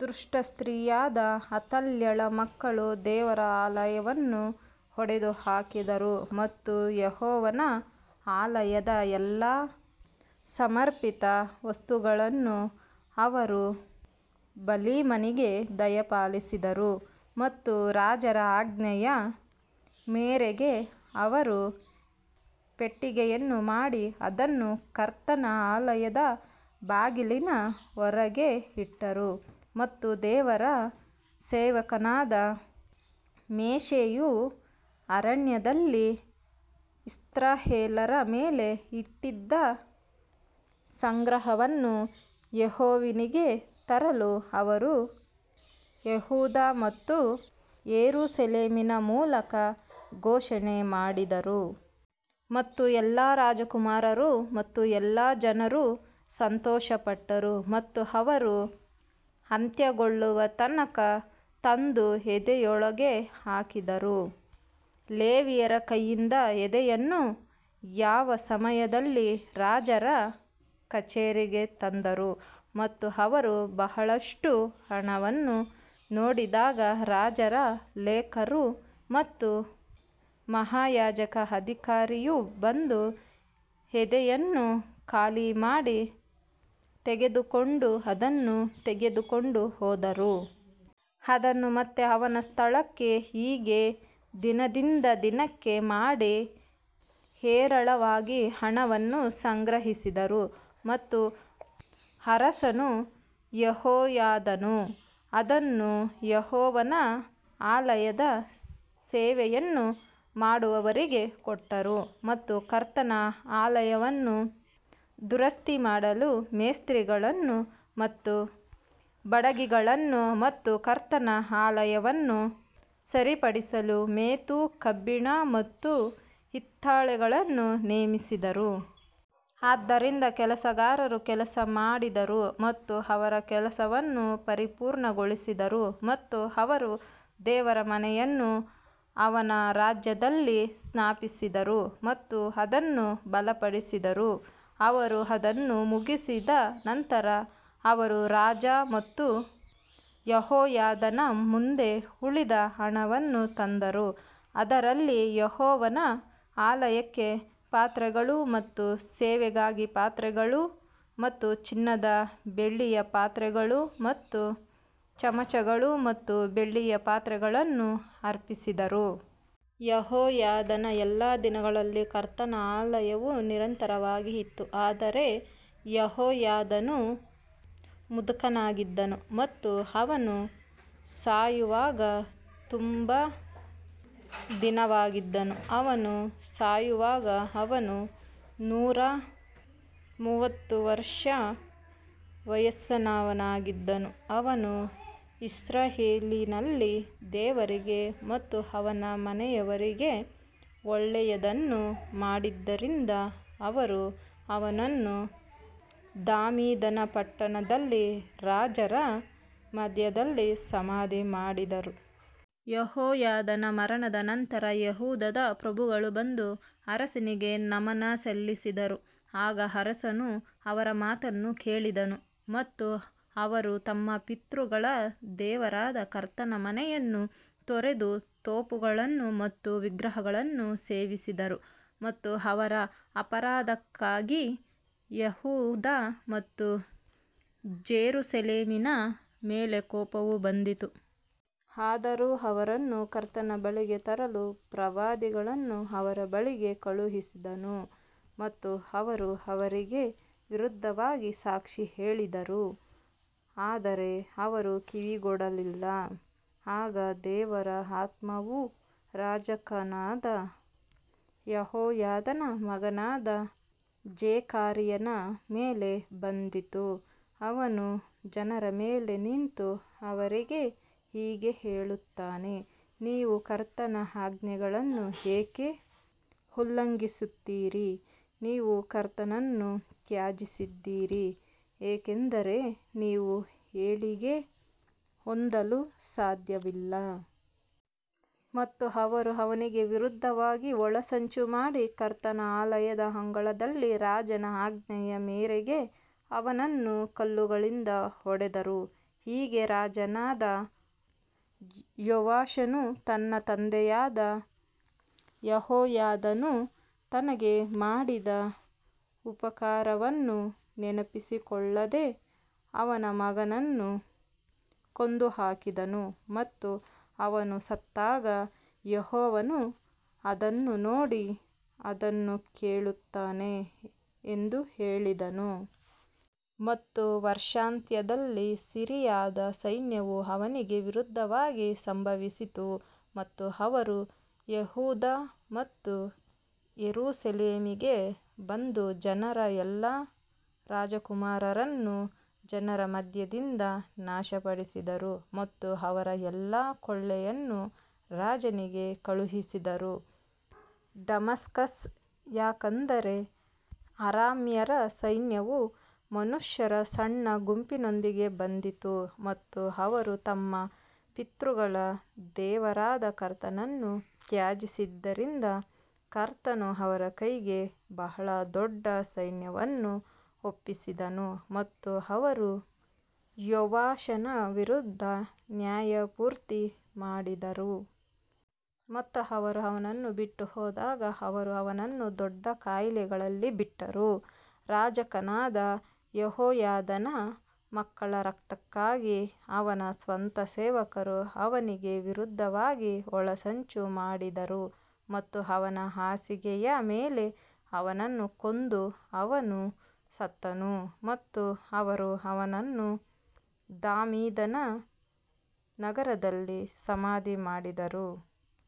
ದುಷ್ಟ ಸ್ತ್ರೀಯಾದ ಅತಲ್ಯಳ ಮಕ್ಕಳು ದೇವರ ಆಲಯವನ್ನು ಒಡೆದು ಹಾಕಿದರು ಮತ್ತು ಯೆಹೋವನ ಆಲಯದ ಎಲ್ಲಾ ಸಮರ್ಪಿತ ವಸ್ತುಗಳನ್ನು ಅವರು ಬಾಲೀಮನಿಗೆ ದಯಪಾಲಿಸಿದರು. ಮತ್ತು ರಾಜರ ಆಜ್ಞೆಯ ಮೇರೆಗೆ ಅವರು ಪೆಟ್ಟಿಗೆಯನ್ನು ಮಾಡಿ ಅದನ್ನು ಕರ್ತನ ಆಲಯದ ಬಾಗಿಲಿನ ಹೊರಗೆ ಇಟ್ಟರು. ಮತ್ತು ದೇವರ ಸೇವಕನಾದ ಮೋಶೆಯು ಅರಣ್ಯದಲ್ಲಿ ಇಸ್ರಾಯೇಲ್ಯರ ಮೇಲೆ ಇಟ್ಟಿದ್ದ ಸಂಗ್ರಹವನ್ನು ಯೆಹೋವನಿಗೆ ತರಲು ಅವರು ಯೆಹೂದ ಮತ್ತು ಯೆರೂಸಲೇಮಿನ ಮೂಲಕ ಘೋಷಣೆ ಮಾಡಿದರು. ಮತ್ತು ಎಲ್ಲಾ ರಾಜಕುಮಾರರು ಮತ್ತು ಎಲ್ಲಾ ಜನರು ಸಂತೋಷಪಟ್ಟರು ಮತ್ತು ಅವರು ಅಂತ್ಯಗೊಳ್ಳುವ ತನಕ ತಂದು ಎದೆಯೊಳಗೆ ಹಾಕಿದರು. ಲೇವಿಯರ ಕೈಯಿಂದ ಎದೆಯನ್ನು ಯಾವ ಸಮಯದಲ್ಲಿ ರಾಜರ ಕಚೇರಿಗೆ ತಂದರು ಮತ್ತು ಅವರು ಬಹಳಷ್ಟು ಹಣವನ್ನು ನೋಡಿದಾಗ ರಾಜರ ಲೇಖಕರು ಮತ್ತು ಮಹಾಯಾಜಕ ಅಧಿಕಾರಿಯು ಬಂದು ಎದೆಯನ್ನು ಖಾಲಿ ಮಾಡಿ ತೆಗೆದುಕೊಂಡು ಅದನ್ನು ತೆಗೆದುಕೊಂಡು ಹೋದರು. ಅದನ್ನು ಮತ್ತೆ ಅವನ ಸ್ಥಳಕ್ಕೆ ಹೀಗೆ ದಿನದಿಂದ ದಿನಕ್ಕೆ ಮಾಡಿ ಹೇರಳವಾಗಿ ಹಣವನ್ನು ಸಂಗ್ರಹಿಸಿದರು ಮತ್ತು ಅರಸನೂ ಯೆಹೋಯಾದಾನೂ ಅದನ್ನು ಯೆಹೋವನ ಆಲಯದ ಸೇವೆಯನ್ನು ಮಾಡುವವರಿಗೆ ಕೊಟ್ಟರು ಮತ್ತು ಕರ್ತನ ಆಲಯವನ್ನು ದುರಸ್ತಿಮಾಡಲು ಮೇಸ್ತ್ರಿಗಳನ್ನು ಮತ್ತು ಬಡಗಿಗಳನ್ನು ಮತ್ತು ಕರ್ತನ ಆಲಯವನ್ನು ಸರಿಪಡಿಸಲು ಮೆತು ಕಬ್ಬಿಣ ಮತ್ತು ಹಿತ್ತಾಳೆಗಳನ್ನು ನೇಮಿಸಿದರು. ಆದ್ದರಿಂದ ಕೆಲಸಗಾರರು ಕೆಲಸ ಮಾಡಿದರು ಮತ್ತು ಅವರ ಕೆಲಸವನ್ನು ಪರಿಪೂರ್ಣಗೊಳಿಸಿದರು ಮತ್ತು ಅವರು ದೇವರ ಮನೆಯನ್ನು ಅವನ ರಾಜ್ಯದಲ್ಲಿ ಸ್ಥಾಪಿಸಿದರು ಮತ್ತು ಅದನ್ನು ಬಲಪಡಿಸಿದರು. ಅವರು ಅದನ್ನು ಮುಗಿಸಿದ ನಂತರ ಅವರು ರಾಜ ಮತ್ತು ಯೆಹೋಯಾದಾನ ಮುಂದೆ ಉಳಿದ ಹಣವನ್ನು ತಂದರು, ಅದರಲ್ಲಿ ಯೆಹೋವನ ಆಲಯಕ್ಕೆ ಪಾತ್ರೆಗಳು ಮತ್ತು ಸೇವೆಗಾಗಿ ಪಾತ್ರೆಗಳು ಮತ್ತು ಚಿನ್ನದ ಬೆಳ್ಳಿಯ ಪಾತ್ರೆಗಳು ಮತ್ತು ಚಮಚಗಳು ಮತ್ತು ಬೆಳ್ಳಿಯ ಪಾತ್ರೆಗಳನ್ನು ಅರ್ಪಿಸಿದರು. ಯೆಹೋಯಾದನ ಎಲ್ಲಾ ದಿನಗಳಲ್ಲಿ ಕರ್ತನ ಆಲಯವು ನಿರಂತರವಾಗಿ ಇತ್ತು ಆದರೆ ಯೆಹೋಯಾದನು ಮುದುಕನಾಗಿದ್ದನು ಮತ್ತು ಅವನು ಸಾಯುವಾಗ ತುಂಬ ದಿನವಾಗಿದ್ದನು, ಅವನು ಸಾಯುವಾಗ ಅವನು ನೂರ ಮೂವತ್ತು ವರ್ಷ ವಯಸ್ಸಿನವನಾಗಿದ್ದನು. ಅವನು ಇಸ್ರಾಯೇಲಿನಲ್ಲಿ ದೇವರಿಗೆ ಮತ್ತು ಅವನ ಮನೆಯವರಿಗೆ ಒಳ್ಳೆಯದನ್ನು ಮಾಡಿದ್ದರಿಂದ ಅವರು ಅವನನ್ನು ದಾವೀದನ ಪಟ್ಟಣದಲ್ಲಿ ರಾಜರ ಮಧ್ಯದಲ್ಲಿ ಸಮಾಧಿ ಮಾಡಿದರು. ಯೆಹೋಯಾದನ ಮರಣದ ನಂತರ ಯೆಹೂದದ ಪ್ರಭುಗಳು ಬಂದು ಅರಸನಿಗೆ ನಮನ ಸಲ್ಲಿಸಿದರು ಆಗ ಅರಸನು ಅವರ ಮಾತನ್ನು ಕೇಳಿದನು. ಮತ್ತು ಅವರು ತಮ್ಮ ಪಿತೃಗಳ ದೇವರಾದ ಕರ್ತನ ಮನೆಯನ್ನು ತೊರೆದು ತೋಪುಗಳನ್ನು ಮತ್ತು ವಿಗ್ರಹಗಳನ್ನು ಸೇವಿಸಿದರು ಮತ್ತು ಅವರ ಅಪರಾಧಕ್ಕಾಗಿ ಯೆಹೂದ ಮತ್ತು ಜೆರುಸಲೇಮಿನ ಮೇಲೆ ಕೋಪವು ಬಂದಿತು. ಆದರೂ ಅವರನ್ನು ಕರ್ತನ ಬಳಿಗೆ ತರಲು ಪ್ರವಾದಿಗಳನ್ನು ಅವರ ಬಳಿಗೆ ಕಳುಹಿಸಿದನು ಮತ್ತು ಅವರು ಅವರಿಗೆ ವಿರುದ್ಧವಾಗಿ ಸಾಕ್ಷಿ ಹೇಳಿದರು ಆದರೆ ಅವರು ಕಿವಿಗೊಡಲಿಲ್ಲ. ಆಗ ದೇವರ ಆತ್ಮವು ಯಾಜಕನಾದ ಯೆಹೋಯಾದನ ಮಗನಾದ ಜೆಕರೀಯನ ಮೇಲೆ ಬಂದಿತು, ಅವನು ಜನರ ಮೇಲೆ ನಿಂತು ಅವರಿಗೆ ಹೀಗೆ ಹೇಳುತ್ತಾನೆ ನೀವು ಕರ್ತನ ಆಜ್ಞೆಗಳನ್ನು ಏಕೆ ಉಲ್ಲಂಘಿಸುತ್ತೀರಿ, ನೀವು ಕರ್ತನನ್ನು ತ್ಯಜಿಸಿದ್ದೀರಿ, ಏಕೆಂದರೆ ನೀವು ಏಳಿಗೆ ಹೊಂದಲು ಸಾಧ್ಯವಿಲ್ಲ. ಮತ್ತು ಅವರು ಅವನಿಗೆ ವಿರುದ್ಧವಾಗಿ ಒಳಸಂಚು ಮಾಡಿ ಕರ್ತನ ಆಲಯದ ಅಂಗಳದಲ್ಲಿ ರಾಜನ ಆಜ್ಞೆಯ ಮೇರೆಗೆ ಅವನನ್ನು ಕಲ್ಲುಗಳಿಂದ ಹೊಡೆದರು. ಹೀಗೆ ರಾಜನಾದ ಯೋವಾಷನು ತನ್ನ ತಂದೆಯಾದ ಯೆಹೋಯಾದನು ತನಗೆ ಮಾಡಿದ ಉಪಕಾರವನ್ನು ನೆನಪಿಸಿಕೊಳ್ಳದೆ ಅವನ ಮಗನನ್ನು ಕೊಂದುಹಾಕಿದನು ಮತ್ತು ಅವನು ಸತ್ತಾಗ ಯೆಹೋವನು ಅದನ್ನು ನೋಡಿ ಅದನ್ನು ಕೇಳುತ್ತಾನೆ ಎಂದು ಹೇಳಿದನು. ಮತ್ತು ವರ್ಷಾಂತ್ಯದಲ್ಲಿ ಸಿರಿಯಾದ ಸೈನ್ಯವು ಅವನಿಗೆ ವಿರುದ್ಧವಾಗಿ ಸಂಭವಿಸಿತು ಮತ್ತು ಅವರು ಯೆಹೂದ ಮತ್ತು ಯೆರೂಸಲೇಮಿಗೆ ಬಂದು ಜನರ ಎಲ್ಲಾ ರಾಜಕುಮಾರರನ್ನು ಜನರ ಮಧ್ಯದಿಂದ ನಾಶಪಡಿಸಿದರು ಮತ್ತು ಅವರ ಎಲ್ಲಾ ಕೊಳ್ಳೆಯನ್ನು ರಾಜನಿಗೆ ಕಳುಹಿಸಿದರು. ಡಮಾಸ್ಕಸ್ ಯಾಕಂದರೆ ಅರಾಮ್ಯರ ಸೈನ್ಯವು ಮನುಷ್ಯರ ಸಣ್ಣ ಗುಂಪಿನೊಂದಿಗೆ ಬಂದಿತು ಮತ್ತು ಅವರು ತಮ್ಮ ಪಿತೃಗಳ ದೇವರಾದ ಕರ್ತನನ್ನು ತ್ಯಜಿಸಿದ್ದರಿಂದ ಕರ್ತನು ಅವರ ಕೈಗೆ ಬಹಳ ದೊಡ್ಡ ಸೈನ್ಯವನ್ನು ಒಪ್ಪಿಸಿದನು ಮತ್ತು ಅವರು ಯೋವಾಷನ ವಿರುದ್ಧ ನ್ಯಾಯತೀರ್ಪು ಮಾಡಿದರು. ಮತ್ತು ಅವರು ಅವನನ್ನು ಬಿಟ್ಟು ಹೋದಾಗ ಅವರು ಅವನನ್ನು ದೊಡ್ಡ ಕಾಯಿಲೆಗಳಲ್ಲಿ ಬಿಟ್ಟರು, ಯಾಜಕನಾದ ಯೆಹೋಯಾದನ ಮಕ್ಕಳ ರಕ್ತಕ್ಕಾಗಿ ಅವನ ಸ್ವಂತ ಸೇವಕರು ಅವನಿಗೆ ವಿರುದ್ಧವಾಗಿ ಒಳಸಂಚು ಮಾಡಿದರು ಮತ್ತು ಅವನ ಹಾಸಿಗೆಯ ಮೇಲೆ ಅವನನ್ನು ಕೊಂದು ಅವನು ಸತ್ತನು ಮತ್ತು ಅವರು ಅವನನ್ನು ದಾವೀದನ ನಗರದಲ್ಲಿ ಸಮಾಧಿ ಮಾಡಿದರು.